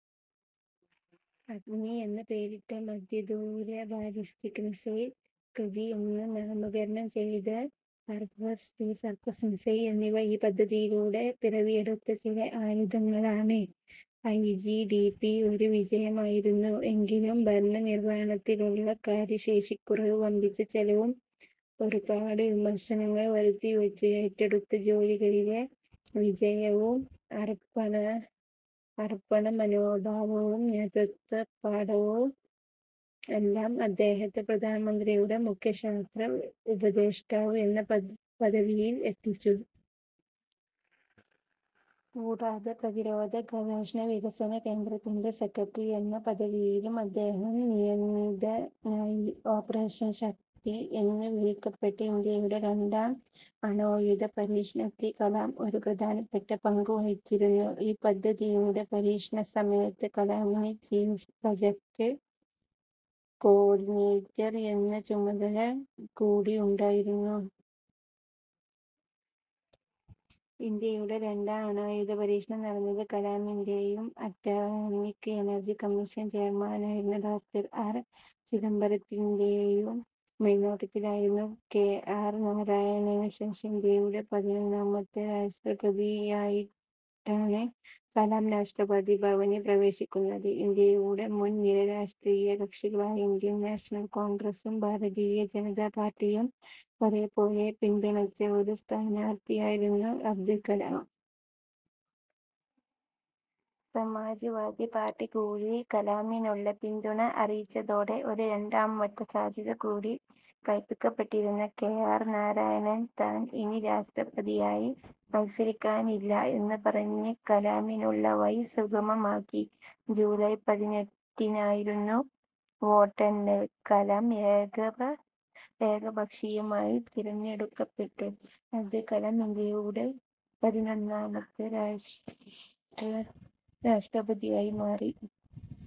അഗ്നി എന്നു പേരിട്ട മധ്യദൂര ബാലിസ്റ്റിക് മിസൈൽ, പൃഥി എന്നു നാമകരണം ചെയ്ത സർഫസ്-ടു-സർഫസ് മിസൈൽ എന്നിവ ഈ പദ്ധതിയിലൂടെ പിറവിയെടുത്ത ചില ആയുധങ്ങളാണ്. ഐ. ജി. ഡി. പി ഒരു വിജയമായിരുന്നു എങ്കിലും, ഭരണനിർവ്വഹണത്തിലുള്ള കാര്യശേഷിക്കുറവും, വമ്പിച്ച ചെലവും ഒരുപാട് വിമർശനങ്ങൾ വരുത്തിവെച്ചു. ഏറ്റെടുത്ത ജോലികളിലെ വിജയവും അർപ്പണമനോഭാവവും നേതൃത്വപാടവവും എല്ലാം അദ്ദേഹത്തെ പ്രധാനമന്ത്രിയുടെ മുഖ്യ ശാസ്ത്ര ഉപദേഷ്ടാവ് എന്ന പദവിയിൽ എത്തിച്ചു. കൂടാതെ പ്രതിരോധ ഗവേഷണ വികസന കേന്ദ്രത്തിന്റെ സെക്രട്ടറി എന്ന പദവിയിലും അദ്ദേഹം നിയമിതനായി. ഓപ്പറേഷൻ ശക്തി എന്നു വിളിക്കപ്പെട്ട ഇന്ത്യയുടെ രണ്ടാം അണ്വായുധ പരീക്ഷണത്തിൽ കലാം ഒരു പ്രധാനപ്പെട്ട പങ്കു വഹിച്ചിരുന്നു. ഈ പദ്ധതിയുടെ പരീക്ഷണസമയത്ത് കലാമിന് ചീഫ് പ്രൊജക്ട് കോ-ഓർഡിനേറ്റർ എന്ന ചുമതല കൂടിയുണ്ടായിരുന്നു. ഇന്ത്യയുടെ രണ്ടാം അണ്വായുധ പരീക്ഷണം നടന്നത് കലാമിന്റേയും അറ്റോമിക് എനർജി കമ്മീഷൻ ചെയർമാനായിരുന്ന ഡോക്ടർ. ആർ. ചിദംബരത്തിന്റേയും മേൽനോട്ടത്തിലായിരുന്നു. കെ. ആർ. നാരായണനുശേഷം ഇന്ത്യയുടെ പതിനൊന്നാമത്തെ രാഷ്ട്രപതിയായിട്ടാണ് കലാം രാഷ്ട്രപതി ഭവനിൽ പ്രവേശിക്കുന്നത്. ഇന്ത്യയുടെ മുൻനിര രാഷ്ട്രീയകക്ഷികളായ ഇന്ത്യൻ നാഷണൽ കോൺഗ്രസ്സും ഭാരതീയ ജനതാ പാർട്ടിയും ഒരേ പോലെ പിന്തുണച്ച ഒരു സ്ഥാനാർത്ഥിയായിരുന്നു അബ്ദുൾ കലാം. സമാജ് വാദി പാർട്ടി കൂടി കലാമിനുള്ള പിന്തുണ അറിയിച്ചതോടെ ഒരു രണ്ടാംവട്ടം സാധ്യത കൂടി കല്പിക്കപ്പെട്ടിരുന്ന കെ. ആർ. നാരായണൻ താൻ ഇനി രാഷ്ട്രപതിയായി മത്സരിക്കാനില്ല എന്നു പറഞ്ഞ് കലാമിനുള്ള വഴി സുഗമമാക്കി. ജൂലൈ പതിനെട്ടിനായിരുന്നു വോട്ടെണ്ണൽ. കലാം ഏകപക്ഷീയമായി തിരഞ്ഞെടുക്കപ്പെട്ടു. അബ്ദുൾ കലാം ഇന്ത്യയുടെ പതിനൊന്നാമത്തെ രാഷ്ട്രപതിയായി മാറി.